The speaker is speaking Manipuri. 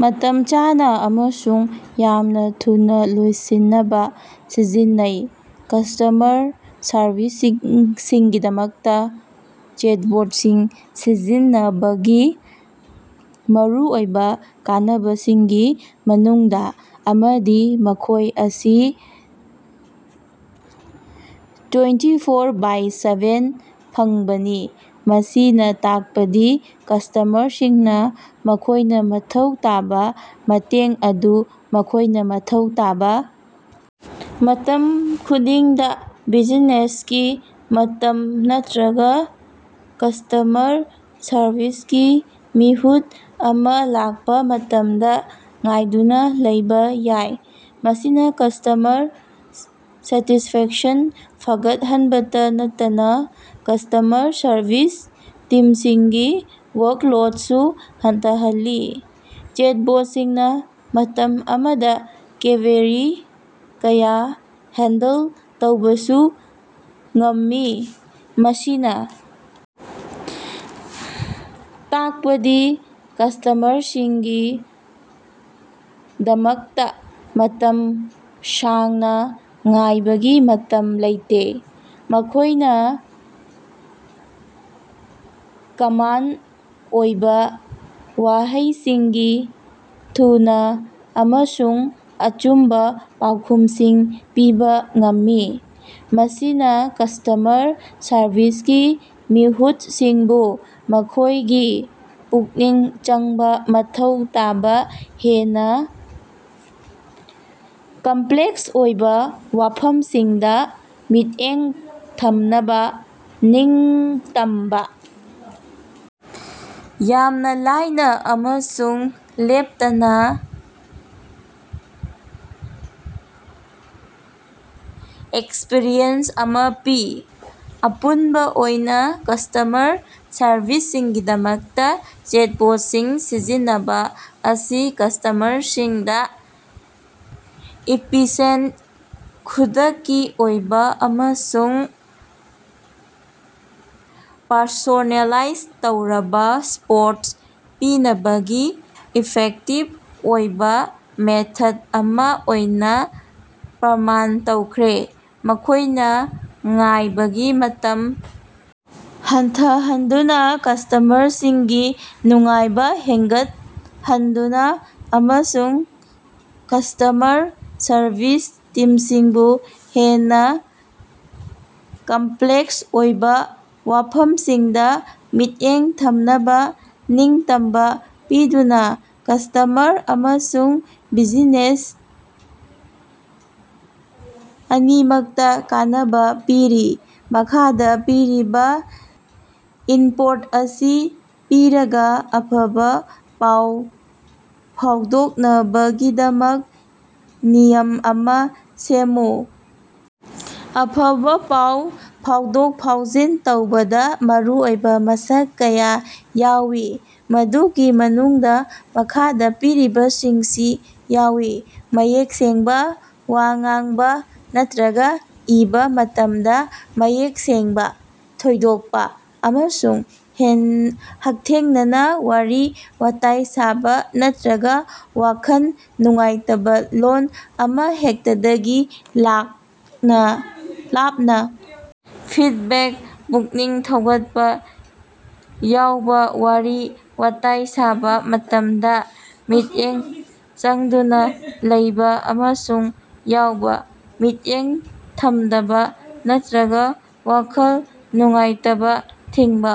ꯃꯇꯝ ꯆꯥꯅ ꯑꯃꯁꯨꯡ ꯌꯥꯝꯅ ꯊꯨꯅꯥ ꯂꯣꯏꯁꯤꯟꯅꯕ ꯁꯤꯖꯤꯟꯅꯩ꯫ ꯀꯁꯇꯃꯔ ꯁꯔꯚꯤꯁꯀꯤꯗꯃꯛꯇꯥ ꯆꯦꯠꯕꯣꯠꯁꯤꯡ ꯁꯤꯖꯤꯟꯅꯕꯒꯤ ꯃꯔꯨꯑꯣꯏꯕ ꯀꯥꯟꯅꯕꯁꯤꯡꯒꯤ ꯃꯅꯨꯡꯗꯥ ꯑꯃꯗꯤ ꯃꯈꯣꯏ ꯑꯁꯤ ꯇ꯭ꯋꯦꯟꯇꯤ ꯐꯣꯔ ꯕꯥꯏ ꯁꯚꯦꯟ ꯐꯪꯕꯅꯤ꯫ ꯃꯁꯤꯅ ꯇꯥꯛꯄꯗꯤ ꯀꯁꯇꯃꯔꯁꯤꯡꯅꯥ ꯃꯈꯣꯏꯅ ꯃꯊꯧ ꯇꯥꯕ ꯃꯇꯦꯡ ꯑꯗꯨ ꯃꯈꯣꯏꯅ ꯃꯊꯧ ꯇꯥꯕꯥ ꯃꯇꯝ ꯈꯨꯗꯤꯡꯗ, ꯕꯤꯖꯤꯅꯦꯁꯀꯤ ꯃꯇꯝ ꯅꯠꯇ꯭ꯔꯒꯥ ꯀꯁꯇꯃꯔ ꯁꯔꯚꯤꯁꯀꯤ ꯃꯤꯍꯨꯠ ꯑꯃ ꯂꯥꯛꯄꯥ ꯃꯇꯝꯗꯥ ꯉꯥꯏꯗꯨꯅꯥ ꯂꯩꯕꯥ ꯌꯥꯏ꯫ ꯃꯁꯤꯅꯥ ꯀꯁꯇꯃꯔ ꯁꯦꯇꯤꯁꯐꯦꯛꯁꯟ ꯐꯒꯠꯍꯟꯕꯇ ꯅꯠꯇꯅꯥ ꯀꯁꯇꯃꯔ ꯁꯔꯕꯤꯁ ꯇꯤꯝꯁꯤꯡꯒꯤ ꯋꯥꯔꯛꯂꯣꯠꯁꯨ ꯍꯟꯊꯍꯜꯂꯤ꯫ ꯆꯦꯠꯕꯣꯠꯁꯤꯡꯅꯥ ꯃꯇꯝ ꯑꯃꯗ ꯀ꯭ꯕꯦꯔꯤ ꯀꯌꯥ ꯍꯦꯟꯗꯜ ꯇꯧꯕꯁꯨ ꯉꯝꯃꯤ, ꯃꯁꯤꯅꯥ ꯇꯥꯛꯄꯗꯤ ꯀꯁꯇꯃꯔꯁꯤꯡꯒꯤꯗꯃꯛꯇꯥ ꯃꯇꯝ ꯁꯥꯡꯅꯥ ꯉꯥꯏꯕꯒꯤ ꯃꯇꯝ ꯂꯩꯇꯦ꯫ ꯃꯈꯣꯏꯅ ꯀꯃꯟ ꯑꯣꯏꯕꯥ ꯋꯥꯍꯩꯁꯤꯡꯒꯤ ꯊꯨꯅ ꯑꯃꯁꯨꯡ ꯑꯆꯨꯝꯕꯥ ꯄꯥꯎꯈꯨꯝꯁꯤꯡ ꯄꯤꯕꯥ ꯉꯝꯃꯤ, ꯃꯁꯤꯅꯥ ꯀꯁꯇꯃꯔ ꯁꯔꯚꯤꯁꯀꯤ ꯃꯤꯍꯨꯠꯁꯤꯡꯕꯨ ꯃꯈꯣꯏꯒꯤ ꯄꯨꯛꯅꯤꯡ ꯆꯪꯕꯥ ꯃꯊꯧ ꯇꯥꯕꯥ ꯍꯦꯟꯅꯥ ꯀꯝꯄ꯭ꯂꯦꯛꯁ ꯑꯣꯏꯕꯥ ꯋꯥꯐꯝꯁꯤꯡꯗꯥ ꯃꯤꯠꯌꯦꯡ ꯊꯝꯅꯕꯥ ꯅꯤꯡꯇꯝꯕꯥ ꯌꯥꯝꯅ ꯂꯥꯏꯅ ꯑꯃꯁꯨꯡ ꯂꯦꯞꯇꯅꯥ ꯑꯦꯛꯁꯄꯤꯔꯤꯌꯦꯟꯁ ꯑꯃꯥ ꯄꯤ꯫ ꯑꯄꯨꯟꯕꯥ ꯑꯣꯏꯅꯥ, ꯀꯁꯇꯃꯔ ꯁꯔꯚꯤꯁꯀꯤꯗꯃꯛꯇꯥ ꯆꯦꯠꯕꯣꯠꯁꯤꯡ ꯁꯤꯖꯤꯟꯅꯕꯥ ꯑꯁꯤ ꯀꯁꯇꯃꯔꯁꯤꯡꯗꯥ ꯏꯐꯤꯁꯤꯑꯦꯟ, ꯈꯨꯗꯛꯀꯤ ꯑꯣꯏꯕꯥ ꯑꯃꯁꯨꯡ ꯄꯔꯁꯣꯅꯦꯂꯥꯏꯖ ꯇꯧꯔꯕꯥ ꯁꯄꯣꯔꯠ ꯄꯤꯅꯕꯒꯤ ꯏꯐꯦꯛꯇꯤꯚ ꯑꯣꯏꯕꯥ ꯃꯦꯊꯠ ꯑꯃ ꯑꯣꯏꯅꯥ ꯄ꯭ꯔꯃꯥꯟ ꯇꯧꯈ꯭ꯔꯦ꯫ ꯃꯈꯣꯏꯅ ꯉꯥꯏꯕꯒꯤ ꯃꯇꯝ ꯍꯟꯊꯍꯟꯗꯨꯅꯥ, ꯀꯁꯇꯃꯔꯁꯤꯡꯒꯤ ꯅꯨꯡꯉꯥꯏꯕꯥ ꯍꯦꯟꯒꯠꯍꯟꯗꯨꯅ ꯑꯃꯁꯨꯡ ꯀꯁꯇꯃꯔ ꯁꯔꯕꯤꯁ ꯇꯤꯝꯁꯤꯡꯕꯨ ꯍꯦꯟꯅ ꯀꯝꯄ꯭ꯂꯦꯛꯁ ꯑꯣꯏꯕ ꯋꯥꯐꯝꯁꯤꯡꯗ ꯃꯤꯠꯌꯦꯡ ꯊꯝꯅꯕ ꯅꯤꯡꯇꯝꯕꯥ ꯄꯤꯗꯨꯅꯥ ꯀꯁꯇꯃꯔ ꯑꯃꯁꯨꯡ ꯕꯤꯖꯤꯅꯦꯁ ꯑꯅꯤꯃꯛꯇ ꯀꯥꯟꯅꯕꯥ ꯄꯤꯔꯤ꯫ ꯃꯈꯥꯗ ꯄꯤꯔꯤꯕꯥ ꯏꯟꯄꯨꯠ ꯑꯁꯤ ꯄꯤꯔꯒꯥ ꯑꯐꯕꯥ ꯄꯥꯎ ꯐꯥꯎꯗꯣꯛꯅꯕꯒꯤꯗꯃꯛ ꯅꯤꯌꯝ ꯑꯃ ꯁꯦꯝꯃꯨ꯫ ꯑꯐꯕꯥ ꯄꯥꯎ ꯐꯥꯎꯗꯣꯛ-ꯐꯥꯎꯖꯤꯟ ꯇꯧꯕꯗꯥ ꯃꯔꯨꯑꯣꯏꯕ ꯃꯁꯛ ꯀꯌꯥ ꯌꯥꯎꯏ ꯃꯗꯨꯒꯤ ꯃꯅꯨꯡꯗꯥ ꯃꯈꯥꯗ ꯄꯤꯔꯤꯕꯁꯤꯡꯁꯤ ꯌꯥꯎꯏ: ꯃꯌꯦꯛ ꯁꯦꯡꯕꯥ: ꯋꯥ ꯉꯥꯡꯕꯥ ꯅꯠꯇ꯭ꯔꯒꯥ ꯏꯕꯥ ꯃꯇꯝꯗ ꯃꯌꯦꯛ ꯁꯦꯡꯕꯥ, ꯊꯣꯏꯗꯣꯛꯄꯥ ꯑꯃꯁꯨꯡ ꯍꯛꯊꯦꯡꯅꯅꯥ ꯋꯥꯔꯤ-ꯋꯥꯇꯥꯏ ꯁꯥꯕꯥ ꯅꯠꯇ꯭ꯔꯒꯥ ꯋꯥꯈꯜ ꯅꯨꯡꯉꯥꯏꯇꯕ ꯂꯣꯟ ꯑꯃꯍꯦꯛꯇꯗꯒꯤ ꯂꯥꯞꯅꯥ ꯂꯥꯞꯅ ꯐꯤꯠꯕꯦꯛ ꯄꯨꯛꯅꯤꯡ ꯊꯧꯒꯠꯄꯥ꯫ ꯌꯥꯎꯕꯥ: ꯋꯥꯔꯤ-ꯋꯥꯇꯥꯏ ꯁꯥꯕꯥ ꯃꯇꯝꯗ ꯃꯤꯠꯌꯦꯡ ꯆꯪꯗꯨꯅꯥ ꯂꯩꯕꯥ ꯑꯃꯁꯨꯡ ꯌꯥꯎꯕ, ꯃꯤꯠꯌꯦꯡ ꯊꯝꯗꯕꯥ ꯅꯠꯇ꯭ꯔꯒꯥ ꯋꯥꯈꯜ ꯅꯨꯡꯉꯥꯏꯇꯕ ꯊꯤꯡꯕ꯫